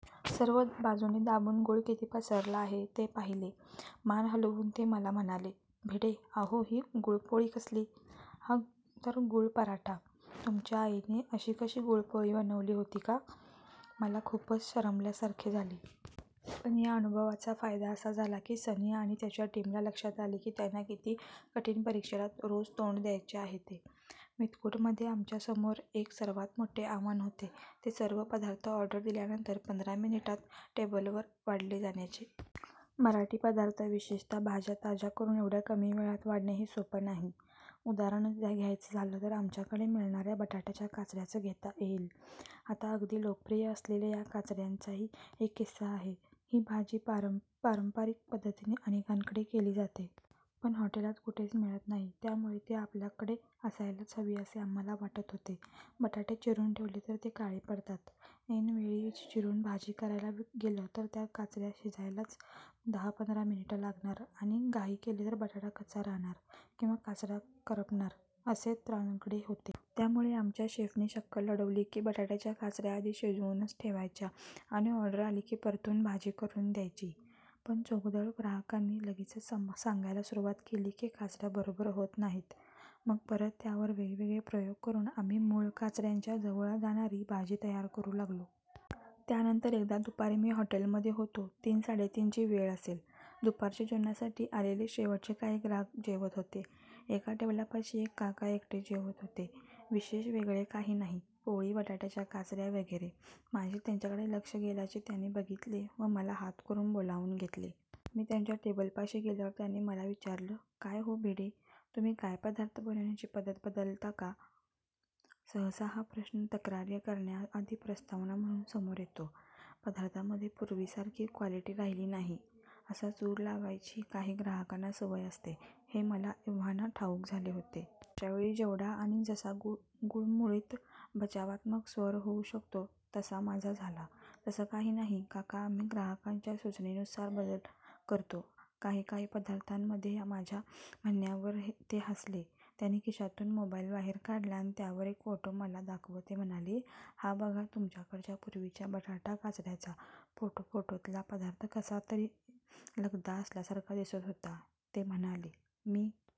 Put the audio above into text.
सर्व बाजूनी दाबून गूळ किती पसरला आहे ते पाहिले. मान हलवून ते मला म्हणाले, भिडे, आहो ही गूळपोळी कसली? हा तर गूळपराठा! तुमच्या आईने कधी अशी गूळपोळी बनवली होती का? मला खूपच शरमल्यासारखे झाले. पण या अनुभवाचा फायदा असा झाला की सनी आणि त्याच्या टीमला लक्षात आले की त्यांना किती कठीण परीक्षेला रोज तोंड द्यायचे आहे ते. मेतकूटमध्ये आमच्यासमोर एक सर्वात मोठे आव्हान होते ते सर्व पदार्थ ऑर्डर दिल्यानंतर पंधरा मिनिटात टेबलवर वाढले जाण्याचे. मराठी पदार्थ, विशेषतः भाज्या, ताज्या करून एवढ्या कमी वेळात वाढणं हे सोपं नाही. उदाहरणच घ्यायचं झालं तर आमच्याकडे मिळणाऱ्या बटाट्याच्या काचऱ्यांचं घेता येईल. आता अगदी लोकप्रिय असलेल्या या काचऱ्यांचाही एक किस्सा आहे. ही भाजी पारंपरिक पद्धतीने अनेकांकडे केली जाते. पण हॉटेलात कुठेच मिळत नाही. त्यामुळे ती आपल्याकडे असायलाच हवी असे आम्हाला वाटत होते. बटाटे चिरून ठेवले तर ते काळे पडतात. ऐनवेळी चिरून भाजी करायला गेलं तर त्या काचऱ्या शिजायलाच दहापंधरा मिनिटं लागणार आणि घाई केली तर बटाटा कच्चा राहणार किंवा काचऱ्या करपणार असे त्रांगडे होते. त्यामुळे आमच्या शेफनी शक्कल लढवली की बटाट्याच्या काचऱ्या आधी शिजवूनच ठेवायच्या आणि ऑर्डर आली की परतून भाजी करून द्यायची. पण चोखंदळ ग्राहकांनी लगेचच सांगायला सुरुवात केली की काचऱ्या बरोबर होत नाहीत. मग परत त्यावर वेगवेगळे प्रयोग करून आम्ही मूळ काचऱ्यांच्या जवळ जाणारी भाजी तयार करू लागलो. त्यानंतर एकदा दुपारी मी हॉटेलमधे होतो. तीनसाडेतीनची वेळ असेल. दुपारच्या जेवणासाठी आलेले शेवटचे काही ग्राहक जेवत होते. एका टेबलपाशी एक काका एकटेच जेवत होते. विशेष वेगळे काही नाही. पोळी, बटाट्याच्या काचऱ्या वगैरे. माझे त्यांच्याकडे लक्ष गेल्याचे त्यांनी बघितले व मला हात करून बोलावून घेतले. मी त्यांच्या टेबलपाशी गेल्यावर त्यांनी मला विचारलं, काय हो भिडे, तुम्ही काय पदार्थ बनवण्याची पद्धत बदलता का? सहसा हा प्रश्न तक्रारी करण्याआधी प्रस्तावना म्हणून समोर येतो. 'पदार्थांमधे पुर्वीसारखी क्वालिटी राहीली नाही' असा सूर लावायची काही ग्राहकांना सवय असते हे मला एव्हाना ठाऊक झाले होते. अशावेळी जेवढा आणि जसा गुळमुळीत बचावात्मक स्वर होऊ शकतो तसा माझा झाला. तसं काही नाही काकाआम्ही ग्राहकाच्या सुचनेनुसार बदल करतो काही काही पदार्थांमधेया माझ्या म्हणण्यावर ते हसले. त्यांनी खिशातून मोबाईल बाहेर काढला आणि त्यातला एक फोटो मला दाखवत ते म्हणाले, हा बघा तुमच्याकडच्या पूर्वीच्या बटाटा काचऱ्यांचा फोटोफोटोतला पदार्थ कसला तरी लगदा असल्यासारखा दिसत होता. ते म्हणाले, मी